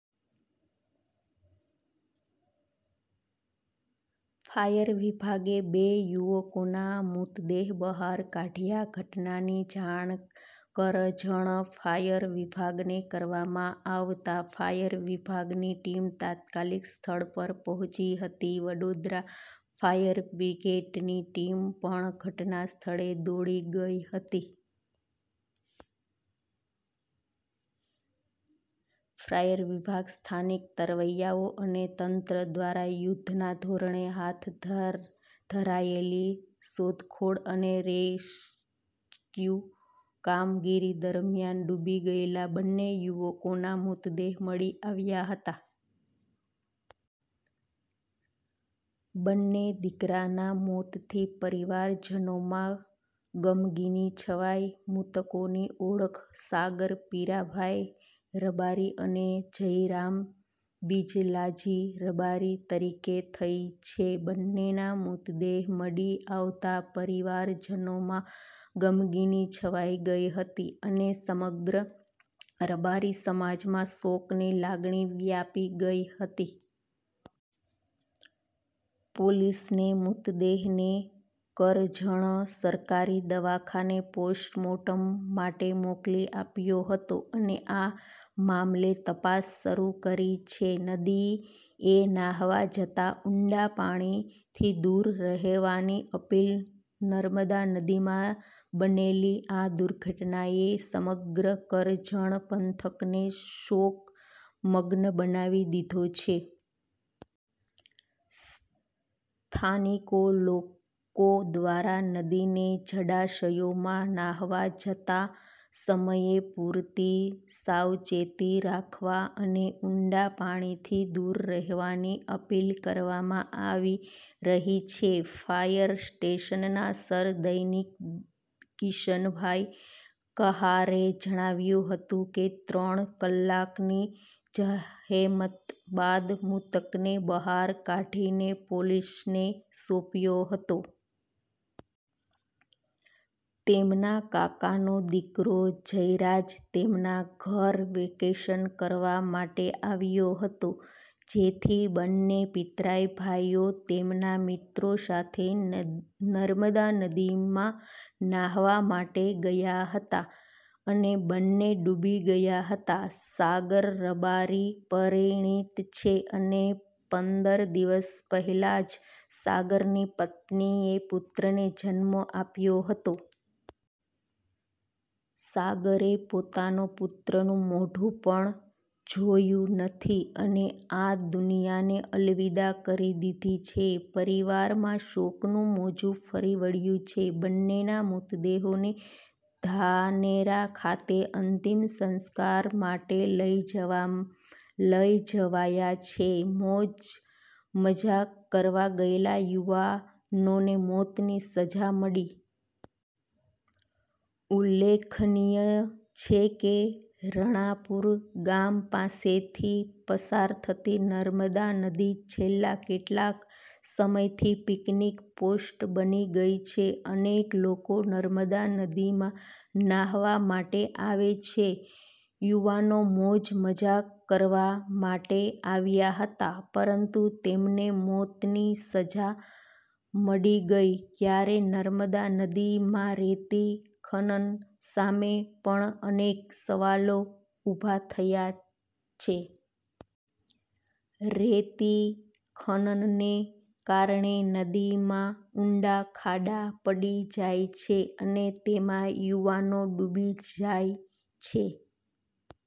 Fire વિભાગે બે યુવકોના મૃતદેહ બહાર કાઢ્યા, ઘટનાની જાણ કરજણ ફાયર વિભાગને કરવામાં આવતા ફાયર વિભાગની ટીમ તાત્કાલિક સ્થળ પર પહોંચી હતી. વડોદરા ફાયર બ્રિગેડની ટીમ પણ ઘટના સ્થળે દોડી ગઈ હતી. ફાયર વિભાગ, સ્થાનિક તરવૈયાઓ અને તંત્ર દ્વારા યુદ્ધના ધોરણે હાથ ધરાયેલી શોધખોળ અને રેસ્ક્યુ કામગીરી દરમિયાન ડૂબી ગયેલા બંને યુવકોના મૃતદેહ મળી આવ્યા હતા. બંને દીકરાના મોતથી પરિવારજનોમાં ગમગીની છવાઈ મૃતકોની ઓળખ સાગર પીરાભાઈ રબારી અને જયરામ બિજલાજી રબારી તરીકે થઈ છે. બંનેના મૃતદેહ મળી આવતા પરિવારજનોમાં ગમગીની છવાઈ ગઈ હતી અને સમગ્ર રબારી સમાજમાં શોકની લાગણી વ્યાપી ગઈ હતી. પોલીસે મૃતદેહને કરજણ સરકારી દવાખાને પોસ્ટમોર્ટમ માટે મોકલી આપ્યો હતો અને આ મામલે તપાસ શરૂ કરી છે. નદી એ નાહવા જતાં ઊંડા પાણીથી દૂર રહેવાની અપીલ. નર્મદા નદીમાં બનેલી આ દુર્ઘટનાએ સમગ્ર કરજણ પંથકને શોકમગ્ન બનાવી દીધો છે. સ્થાનિક લોકો દ્વારા નદી કે જળાશયોમાં નાહવા જતાં સમયે પૂરતી સાવચેતી રાખવા અને ઊંડા પાણીથી દૂર રહેવાની અપીલ કરવામાં આવી રહી છે. ફાયર સ્ટેશનના સર સૈનિક કિશનભાઈ કહારે જણાવ્યું હતું કે, "ત્રણ કલાકની જહેમત બાદ મૃતદેહને બહાર કાઢીને પોલીસને સોંપ્યો હતો. તેમના કાકાનો દીકરો જયરામ તેમના ઘરે વેકેશન કરવા માટે આવ્યો હતો. જેથી બંને પિતરાઈ ભાઈઓ, તેમના મિત્રો સાથે નર્મદા નદીમાં નાહવા માટે ગયા હતા, અને બંને ડૂબી ગયા હતા. સાગર રબારી પરિણીત છે, અને પંદર દિવસ પહેલા જ સાગરની પત્નીએ પુત્રને જન્મ આપ્યો હતો. સાગરે પોતાનો પુત્રનું મોઢું પણ જોયું નથી, અને આ દુનિયાને અલવિદા કરી દીધી છે. પરિવારમાં શોકનું મોજું ફરી વળ્યુ છે. બંનેના મૃતદેહોને ધાનેરા ખાતે અંતિમ સંસ્કાર માટે લઈ જવાયા છે. મોજ મજા કરવા ગયેલા યુવાનોને મોતની સજા મળી." ઉલ્લેખનીય છે કે, રણાપુર ગામ પાસેથી પસાર થતી નર્મદા નદી છેલ્લા કેટલાક સમયથી પિકનિક સ્પોટ બની ગઈ છે. અનેક લોકો નર્મદા નદીમાં નાહવા માટે આવે છે. યુવાનો મોજ મજા કરવા માટે આવ્યા હતા પરંતુ તેમને મોતની સજા મળી ગઈ, ત્યારે નર્મદા નદીમાં રેતી ખનન સામે પણ અનેક સવાલો ઊભા થયા છે. રેતી ખનનને કારણે નદીમાં ઊંડા ખાડા પડી જાય છે અને તેમાં યુવાનો ડૂબી જાય છે.